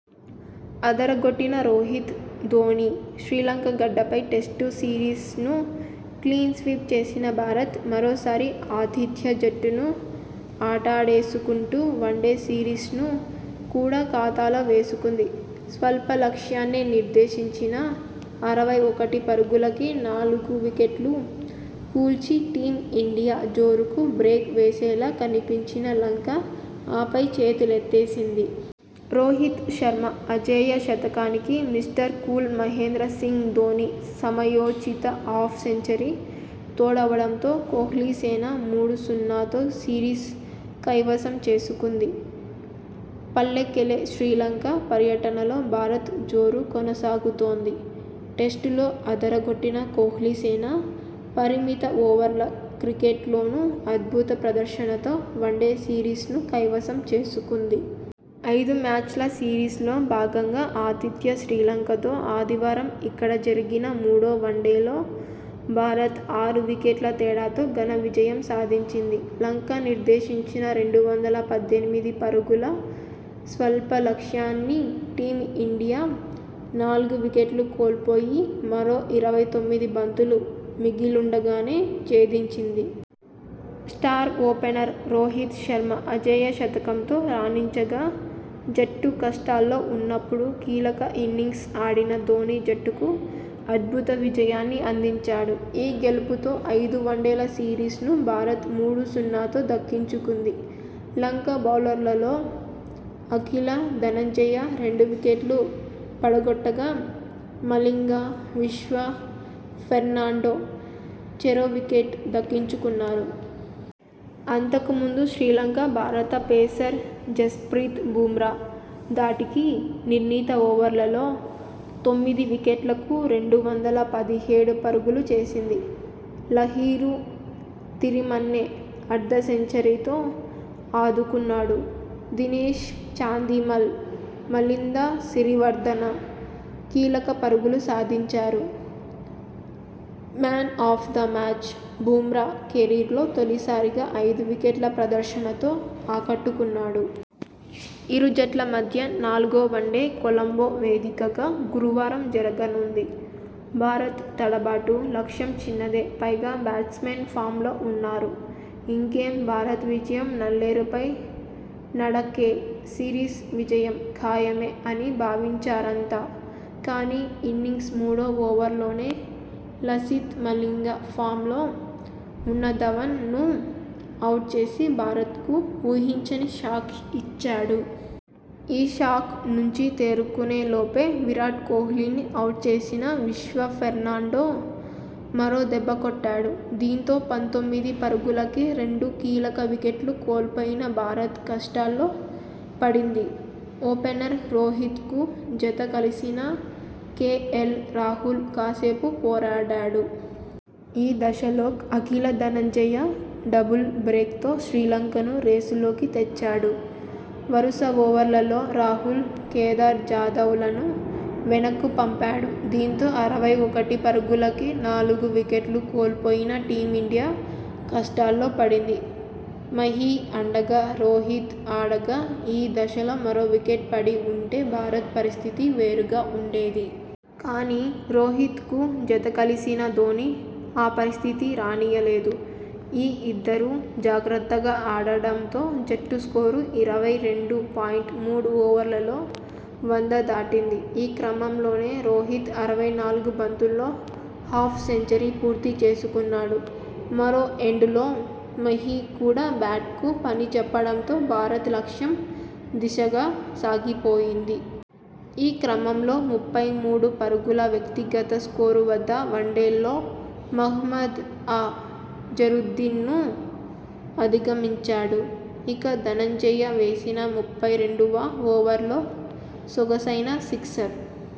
అదరగొట్టిన రోహిత్, ధోనీ. శ్రీలంక గడ్డపై test series ను clean sweep చేసిన భారత్. మరోసారి ఆతిథ్య జట్టును ఆటాడేసుకుంటూ వన్డే సిరీస్ ను కూడా ఖాతాలో వేసుకుంది. స్వల్ప లక్ష్యాన్నే నిర్దేశించినా అరవై ఒకటి పరుగులకే నాలుగు వికెట్లు కూల్చి టీం ఇండియా జోరుకు బ్రేక్ వేసేలా కనిపించిన లంక ఆపై చేతులెత్తేసింది. రోహిత్ శర్మ అజేయ శతకానికి మిస్టర్ కూల్ మహేంద్ర సింగ్ ధోనీ సమయోచిత హాఫ్ సెంచరీ తోడవడంతో కోహ్లీసేన మూడు సున్నాతో సిరీస్ కైవసం చేసుకుంది. పల్లెకెలె శ్రీలంక పర్యటనలో భారత్ జోరు కొనసాగుతోంది. టెస్టులో అదరగొట్టిన కోహ్లీసేన పరిమిత ఓవర్ల క్రికెట్ లోనూ అద్భుత ప్రదర్శనతో వన్డే సిరీస్ ను కైవసం చేసుకుంది. ఐదు మ్యాచ్ల సిరీస్ లో భాగంగా ఆతిథ్య శ్రీలంకతో ఆదివారం ఇక్కడ జరిగిన మూడో వన్డేలో భారత్ ఆరు వికెట్ల తేడాతో ఘన విజయం సాధించింది. లంక నిర్దేశించిన రెండు వందల పద్దెనిమిది పరుగుల స్వల్ప లక్ష్యాన్ని టీం ఇండియా నాలుగు వికెట్లు కోల్పోయి మరో ఇరవై తొమ్మిది బంతులు మిగిలుండగానే ఛేదించింది. స్టార్ ఓపెనర్ రోహిత్ శర్మ అజేయ శతకంతో రాణించగా జట్టు కష్టాల్లో ఉన్నపుడు కీలక ఇన్నింగ్స్ ఆడిన ధోనీ జట్టుకు అద్భుత విజయాన్ని అందించాడు. ఈ గెలుపుతో ఐదు వన్డేల సిరీస్ ను భారత్ మూడు సున్నాతో దక్కించుకుంది. లంక బౌలర్లలో అకిల ధనంజయ రెండు వికెట్లు పడగొట్టగా, మలింగ, విశ్వ ఫెర్నాండో చెరో వికెట్ దక్కించుకున్నారు. అంతకు ముందు శ్రీలంక భారత పేసర్ జస్ప్రీత్ బుమ్రా ధాటికి నిర్ణీత ఓవర్లలో తొమ్మిది వికెట్లకు రెండు వందల పదిహేడు పరుగులు చేసింది. లహిరు తిరిమన్నె అర్ధ సెంచరీతో ఆదుకున్నాడు. దినేష్ చాందిమల్, మిలింద సిరివర్దన కీలక పరుగులు సాధించారు. 'Man of the match' Bumrah కెరీర్లో తొలిసారిగా ఐదు వికెట్ల ప్రదర్శనతో ఆకట్టుకున్నాడు. ఇరు జట్ల మధ్య నాలుగో వన్డే కొలంబో వేదికగా గురువారం జరగనుంది. భారత్ తడబాటు, లక్ష్యం చిన్నదే పైగా బ్యాట్స్మెన్ ఫామ్లో ఉన్నారు. ఇంకేం, భారత్ విజయం నల్లేరుపై నడకే సిరీస్ విజయం ఖాయమే అని భావించారంతా.. కానీ ఇన్నింగ్స్ మూడో ఓవర్ లోనే లసిత్ మలింగ ఫామ్ లో ఉన్న ధవన్ ను అవుట్ చేసి భారత్ కు ఊహించని షాక్ ఇచ్చాడు. ఈ షాక్ నుంచి తేరుకునే లోపే విరాట్ కోహ్లీ ని అవుట్ చేసిన విశ్వ ఫెర్నాండో మరో దెబ్బకొట్టాడు. దీంతో పంతొమ్మిది పరుగులకే రెండు కీలక వికెట్లు కోల్పోయిన భారత్ కష్టాల్లో పడింది. ఓపెనర్ రోహిత్ కు జత కలిసిన కేఎల్ రాహుల్ కాసేపు పోరాడాడు. ఈ దశలో అకిల ధనంజయ డబుల్ బ్రేక్ తో శ్రీలంకను రేసులోకి తెచ్చాడు. వరుస ఓవర్లలో రాహుల్, కేదార్ జాదవ్ లను వెనక్కు పంపాడు. దీంతో అరవై ఒకటి పరుగులకే నాలుగు వికెట్లు కోల్పోయిన టీం ఇండియా కష్టాల్లో పడింది. మహీ అండగా రోహిత్ ఆడగా ఈ దశలో మరో వికెట్ పడి ఉంటే భారత్ పరిస్థితి వేరుగా ఉండేది. కానీ, రోహిత్ కు జతకలిసిన ధోనీ ఆ పరిస్థితి రానీయలేదు. ఈ ఇద్దరూ జాగ్రత్తగా ఆడడంతో జట్టు స్కోరు ఇరవై రెండు పాయింట్ మూడు ఓవర్లలో వంద దాటింది. ఈ క్రమంలోనే రోహిత్ అరవై నాలుగు బంతుల్లో హాఫ్ సెంచరీ పూర్తి చేసుకున్నాడు. మరో ఎండ్ లో మహీ కూడా బ్యాట్ కు పనిచెప్పడంతో భారత్ లక్ష్యం దిశగా సాగిపోయింది. ఈ క్రమంలో ముప్పై మూడు పరుగుల వ్యక్తిగత స్కోరు వద్ద వన్డేల్లో మహ్మద్ అ జరుద్దీన్ ను అధిగమించాడు. ఇక ధనంజయ వేసిన ముప్పై రెండువ ఓవర్లో సొగసైన సిక్సర్